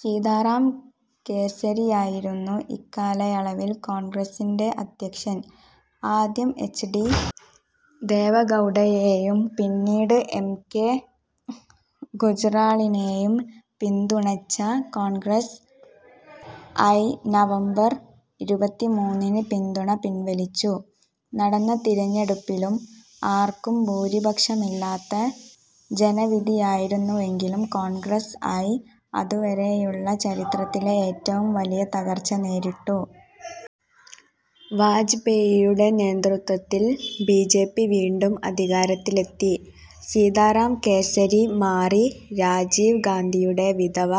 സീതാറാം കേസരിയായിരുന്നു ഇക്കാലയളവിൽ കോൺഗ്രസിൻ്റെ അധ്യക്ഷൻ. ആദ്യം എച്ച്. ഡി. ദേവഗൗഡയെയും പിന്നീട് ഐ. കെ. ഗുജ്റാളിനെയും പിന്തുണച്ച കോൺഗ്രസ് ഐ നവംബർ ഇരുപത്തിമൂന്നിന് പിന്തുണ പിൻവലിച്ചു. നടന്ന തിരഞ്ഞെടുപ്പിലും ആർക്കും ഭൂരിപക്ഷമില്ലാത്ത ജനവിധിയായിരുന്നുവെങ്കിലും കോൺഗ്രസ് ഐ അതുവരെയുള്ള ചരിത്രത്തിലെ ഏറ്റവും വലിയ തകർച്ച നേരിട്ടു. വാജ്പേയിയുടെ നേതൃത്വത്തിൽ ബി. ജെ. പി. വീണ്ടും അധികാരത്തിലെത്തി. സീതാറാം കേസരി മാറി രാജീവ് ഗാന്ധിയുടെ വിധവ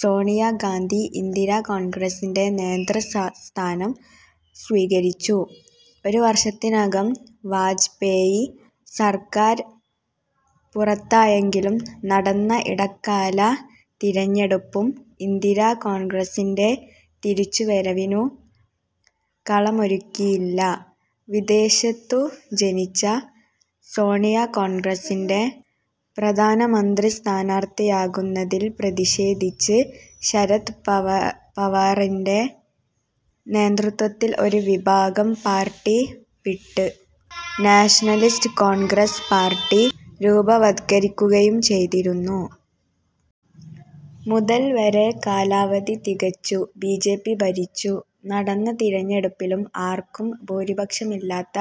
സോണിയാ ഗാന്ധി ഇന്ദിരാ കോൺഗ്രസിൻ്റെ നേതൃസ്ഥാനം സ്വീകരിച്ചു. ഒരു വർഷത്തിനകം വാജ്പേയി സർക്കാർ പുറത്തായെങ്കിലും നടന്ന ഇടക്കാല തിരഞ്ഞെടുപ്പും ഇന്ദിരാ കോൺഗ്രസിൻ്റെ തിരിച്ചുവരവിനു കളമൊരുക്കിയില്ല. വിദേശത്തു ജനിച്ച സോണിയ കോൺഗ്രസിൻ്റെ പ്രധാനമന്ത്രിസ്ഥാനാർത്ഥിയാകുന്നതിൽ പ്രതിഷേധിച്ച് ശരദ് പവാറിൻ്റെ നേതൃത്വത്തിൽ ഒരു വിഭാഗം പാർട്ടി വിട്ട് നാഷണലിസ്റ്റ് കോൺഗ്രസ് പാർട്ടി രൂപവത്കരിക്കുകയും ചെയ്തിരുന്നു. മുതൽ വരെ കാലാവധി തികച്ചു ബി. ജെ. പി. ഭരിച്ചു. നടന്ന തിരഞ്ഞെടുപ്പിലും ആർക്കും ഭൂരിപക്ഷമില്ലാത്ത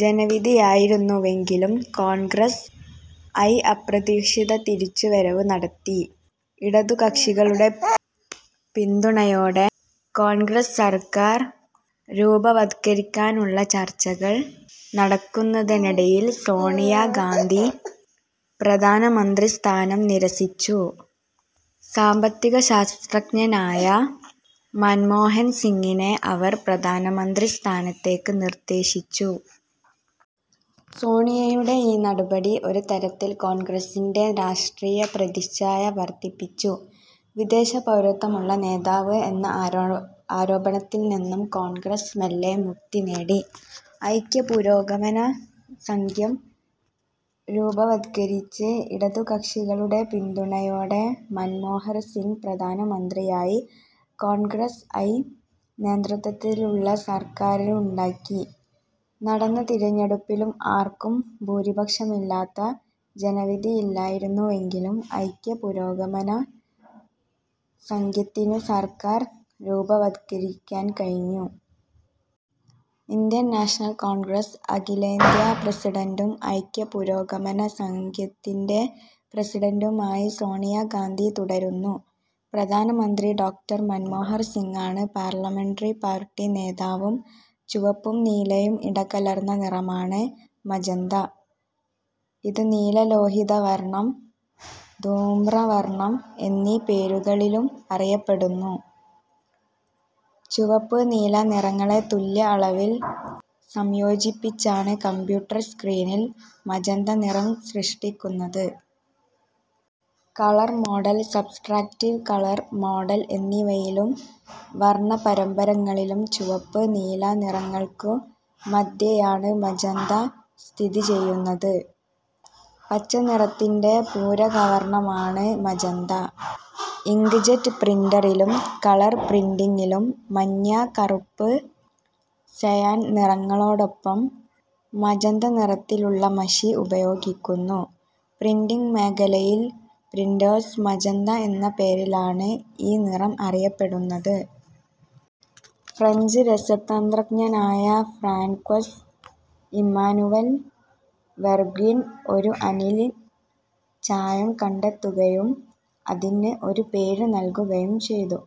ജനവിധിയായിരുന്നുവെങ്കിലും കോൺഗ്രസ് ഐ അപ്രതീക്ഷിത തിരിച്ചുവരവ് നടത്തി. ഇടതുകക്ഷികളുടെ പിന്തുണയോടെ കോൺഗ്രസ് സർക്കാർ രൂപവത്കരിക്കാനുള്ള ചർച്ചകൾ നടക്കുന്നതിനിടയിൽ സോണിയാ ഗാന്ധി പ്രധാനമന്ത്രി സ്ഥാനം നിരസിച്ചു. സാമ്പത്തികശാസ്ത്രജ്ഞനായ മൻമോഹൻ സിങ്ങിനെ അവർ പ്രധാനമന്ത്രി സ്ഥാനത്തേക്കു നിർദ്ദേശിച്ചു. സോണിയയുടെ ഈ നടപടി ഒരുതരത്തിൽ കോൺഗ്രസിൻ്റെ രാഷ്ട്രീയ പ്രതിച്ഛായ വർധിപ്പിച്ചു. വിദേശപൗരത്വമുള്ള നേതാവ് എന്ന ആരോപണത്തിൽനിന്നും കോൺഗ്രസ് മെല്ലെ മുക്തിനേടി. ഐക്യ പുരോഗമന സഖ്യം രൂപവത്കരിച്ച് ഇടതുകക്ഷികളുടെ പിന്തുണയോടെ മൻമോഹൻ സിങ് പ്രധാനമന്ത്രിയായി കോൺഗ്രസ് ഐ നേതൃത്വത്തിലുള്ള സർക്കാരുണ്ടാക്കി. നടന്ന തിരഞ്ഞെടുപ്പിലും ആർക്കും ഭൂരിപക്ഷമില്ലാത്ത ജനവിധിയായിരുന്നുവെങ്കിലും ഐക്യ പുരോഗമന സഖ്യത്തിനു സർക്കാർ രൂപവത്കരിക്കാൻ കഴിഞ്ഞു. ഇന്ത്യൻ നാഷണൽ കോൺഗ്രസ് അഖിലേന്ത്യാ പ്രസിഡന്റും ഐക്യ പുരോഗമന സഖ്യത്തിൻ്റെ പ്രസിഡന്റുമായി സോണിയാ ഗാന്ധി തുടരുന്നു. പ്രധാനമന്ത്രി ഡോ. മൻമോഹൻ സിങ്ങാണ് പാർലമെന്ററി പാർട്ടി നേതാവും. ചുവപ്പും നീലയും ഇടകലർന്ന നിറമാണ് മജന്ത. ഇത് നീലലോഹിത വർണം, ധൂമ്രവർണം എന്നീ പേരുകളിലും അറിയപ്പെടുന്നു. ചുവപ്പ്, നീല നിറങ്ങളെ തുല്യ അളവിൽ സംയോജിപ്പിച്ചാണ് കമ്പ്യൂട്ടർ സ്ക്രീനിൽ മജന്ത നിറം സൃഷ്ടിക്കുന്നത്. Colour model, subtractive colour model എന്നിവയിലും വർണപ്പമ്പരങ്ങളിലും ചുവപ്പ്, നീല നിറങ്ങൾക്കു മധ്യേയാണ് മജന്ത സ്ഥിതിചെയ്യുന്നത്. പച്ച നിറത്തിൻ്റെ പൂരകവർണമാണ് മജന്ത. ഇങ്ക്ജെറ്റ് പ്രിന്ററിലും കളർ പ്രിന്റിങ്ങിലും മഞ്ഞ, കറുപ്പ്, സയാൻ നിറങ്ങളോടൊപ്പം മജന്ത നിറത്തിലുള്ള മഷി ഉപയോഗിക്കുന്നു. പ്രിന്റിങ് മേഖലയിൽ പ്രിന്റേഴ്സ് മജന്ത എന്ന പേരിലാണ് ഈ നിറം അറിയപ്പെടുന്നത്. ഫ്രഞ്ച് രസതന്ത്രജ്ഞനായ ഫ്രാൻക്വസ് ഇമ്മാനുവൽ വെർഗ്വിൻ ഒരു അനിലിൻ ചായം കണ്ടെത്തുകയും അതിന് ഒരു പേര് നൽകുകയും ചെയ്തു.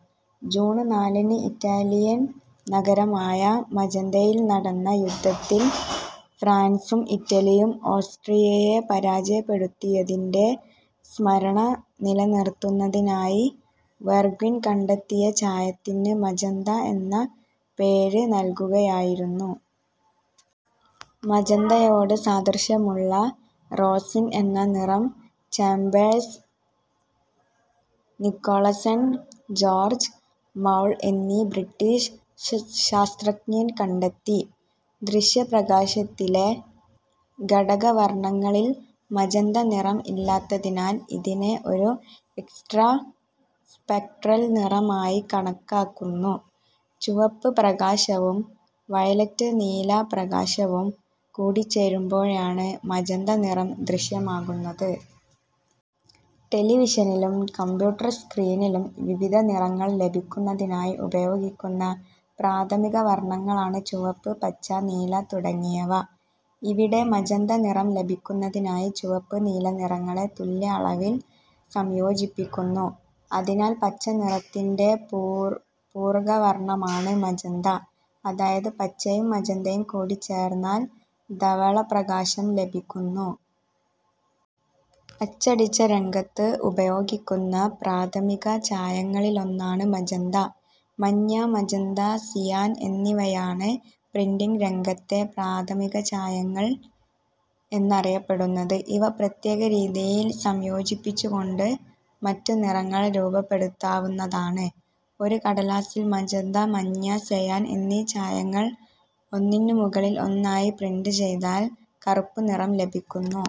ജൂൺ നാലിന് ഇറ്റാലിയൻ നഗരമായ മജന്തയിൽ നടന്ന യുദ്ധത്തിൽ ഫ്രാൻസും ഇറ്റലിയും ഓസ്ട്രിയയെ പരാജയപ്പെടുത്തിയതിൻ്റെ സ്മരണ നിലനിർത്തുന്നതിനായി വെർഗ്വിൻ കണ്ടെത്തിയ ചായത്തിന് മജന്ത എന്ന പേര് നൽകുകയായിരുന്നു. മജന്തയോടു സാദൃശ്യമുള്ള റോസിൻ എന്ന നിറം ചേമ്പേഴ്സ് നിക്കോൾസൺ, ജോർജ്ജ് മൗൾ എന്നീ ബ്രിട്ടീഷ് ശാസ്ത്രജ്ഞർ കണ്ടെത്തി. ദൃശ്യപ്രകാശത്തിലെ ഘടകവർണങ്ങളിൽ മജന്ത നിറം ഇല്ലാത്തതിനാൽ ഇതിനെ ഒരു എക്സ്ട്രാ സ്പെക്ട്രൽ നിറമായി കണക്കാക്കുന്നു. ചുവപ്പ് പ്രകാശവും വയലറ്റ് നീല പ്രകാശവും കൂടിച്ചേരുമ്പോഴാണ് മജന്ത നിറം ദൃശ്യമാകുന്നത്. ടെലിവിഷനിലും കമ്പ്യൂട്ടർ സ്ക്രീനിലും വിവിധ നിറങ്ങൾ ലഭിക്കുന്നതിനായി ഉപയോഗിക്കുന്ന പ്രാഥമിക വർണങ്ങളാണ് ചുവപ്പ്, പച്ച, നീല തുടങ്ങിയവ. ഇവിടെ മജന്ത നിറം ലഭിക്കുന്നതിനായി ചുവപ്പ്, നീല നിറങ്ങളെ തുല്യ അളവിൽ സംയോജിപ്പിക്കുന്നു. അതിനാൽ പച്ചനിറത്തിൻ്റെ പൂരകവർണമാണ് മജന്ത. അതായത് പച്ചയും മജന്തയും കൂടിച്ചേർന്നാൽ ധവളപ്രകാശം ലഭിക്കുന്നു. അച്ചടിരംഗത്ത് ഉപയോഗിക്കുന്ന പ്രാഥമിക ചായങ്ങളിലൊന്നാണ് മജന്ത. മഞ്ഞ, മജന്ത, സിയാൻ എന്നിവയാണ് പ്രിന്റിങ് രംഗത്തെ പ്രാഥമിക ചായങ്ങൾ എന്നറിയപ്പെടുന്നത്. ഇവ പ്രത്യേക രീതിയിൽ സംയോജിപ്പിച്ചുകൊണ്ട് മറ്റു നിറങ്ങൾ രൂപപ്പെടുത്താവുന്നതാണ്. ഒരു കടലാസിൽ മജന്ത, മഞ്ഞ, സയാൻ എന്നീ ചായങ്ങൾ ഒന്നിനുമുകളിൽ ഒന്നായി പ്രിന്റ് ചെയ്താൽ കറുപ്പ് നിറം ലഭിക്കുന്നു.